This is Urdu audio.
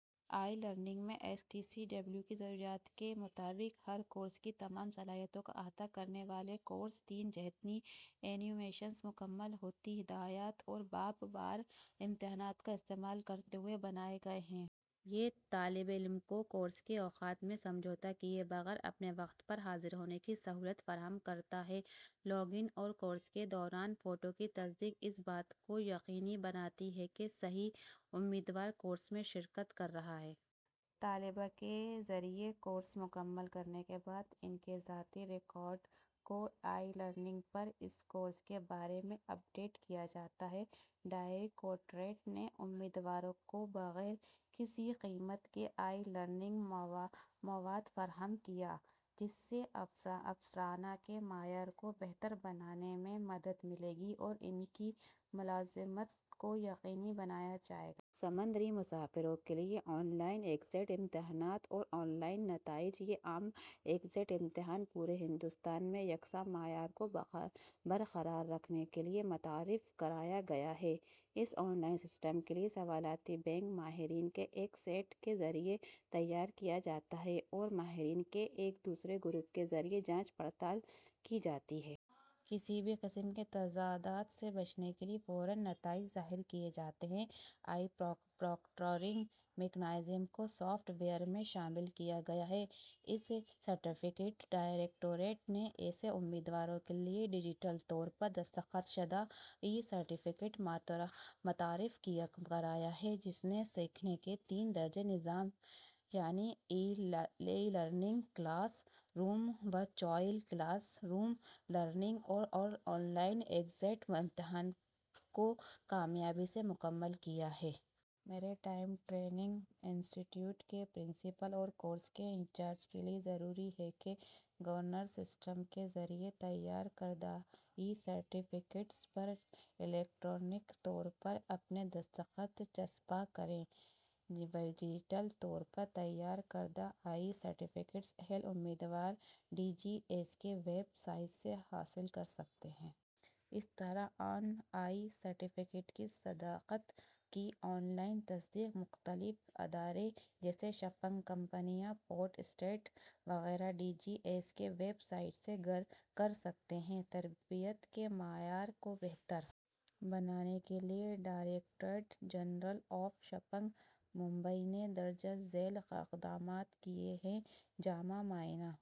ای لرننگ میں ایس ٹی سی ڈبلیو کی ضروریات کے مطابق ہر کورس کی تمام صلاحیتوں کا احاطہ کرنے والے کورسز تین جہتی اینی میشنز، مکمل صوتی ہدایات اور باب وار امتحانات کا استعمال کرتے ہوئے بنائے گئے ہیں۔ یہ طالب علم کو کورس کے اوقات میں سمجھوتہ کیے بغیر اپنے وقت پر حاضر ہونے کی سہولت فراہم کرتا ہے۔ لاگ اِن اور کورس کے دوران فوٹو کی تصدیق اس بات کو یقینی بناتی ہے کہ صحیح امیدوار کورس میں شرکت کر رہا ہے۔ طلبہ کے ذریعہ کورس مکمل کرنے کے بعد، ان کے ذاتی ریکارڈ کو ای لرننگ پر اس کورس کے بارے میں اپ ڈیٹ کیا جاتا ہے۔ ڈائریکٹوریٹ نے امیدواروں کو بغیر کسی قیمت کے ای لرننگ مواد فراہم کیا، جس سے افسران کے معیار کو بہتر بنانے میں مدد ملے گی اور ان کی ملازمت کو یقینی بنایا جائے گا۔ سمندری مسافروں کے لیے آن لائن ایگزٹ امتحانات اور آن لائن نتائج: یہ عام ایگزٹ امتحان پورے ہندوستان میں یکساں معیار کو برقرار رکھنے کے لیے متعارف کرایا گیا ہے۔ اس آن لائن سسٹم کے لیے سوالاتی بینک ماہرین کے ایک سیٹ کے ذریعہ تیار کیا جاتا ہے اور ماہرین کے ایک دوسرے گروپ کے ذریعہ جانچ پڑتال کی جاتی ہے۔ کسی بھی قسم کے تضادات سے بچنے کے لیے فوری نتائج ظاہر کیے جاتے ہیں۔ ای پراکٹرنگ میکانزم کو سافٹ ویئر میں شامل کیا گیا ہے۔ ای-سرٹیفکیٹ: ڈائریکٹوریٹ نے ایسے امیدوار کے لیے ڈیجیٹل طور پر دستخط شدہ ای-سرٹیفکیٹ متعارف کرایا ہے جس نے سیکھنے کے تین درجے کے نظام، یعنی e learning, class room virtual class room learning اور آن لائن ایگزٹ امتحان کو کامیابی سے مکمل کیا ہے۔ Maritime training institute کے پرنسپل اور کورس انچارج کے لیے ضروری ہے کہ ای گورننس سسٹم کے ذریعہ تیار کردہ ای-سرٹیفکیٹس پر الیکٹرانک طور پر اپنے دستخط چسپاں کریں۔ ڈیجیٹل طور پر تیار کردہ ای-سرٹیفکیٹس اہل امیدوار ڈی جی ایس کی ویب سائٹ سے حاصل کر سکتے ہیں۔ اسی طرح، ان ای-سرٹیفکیٹس کی صداقت کی آن لائن تصدیق مختلف ادارے، جیسے شپنگ کمپنیاں، پورٹ اسٹیٹ وغیرہ، ڈی جی ایس کی ویب سائٹ سے کر سکتے ہیں۔ تربیت کے معیار کو بہتر بنانے کے لیے directorate general of shipping, Mumbai نے درج ذیل اقدامات کیے ہیں: جامع معائنہ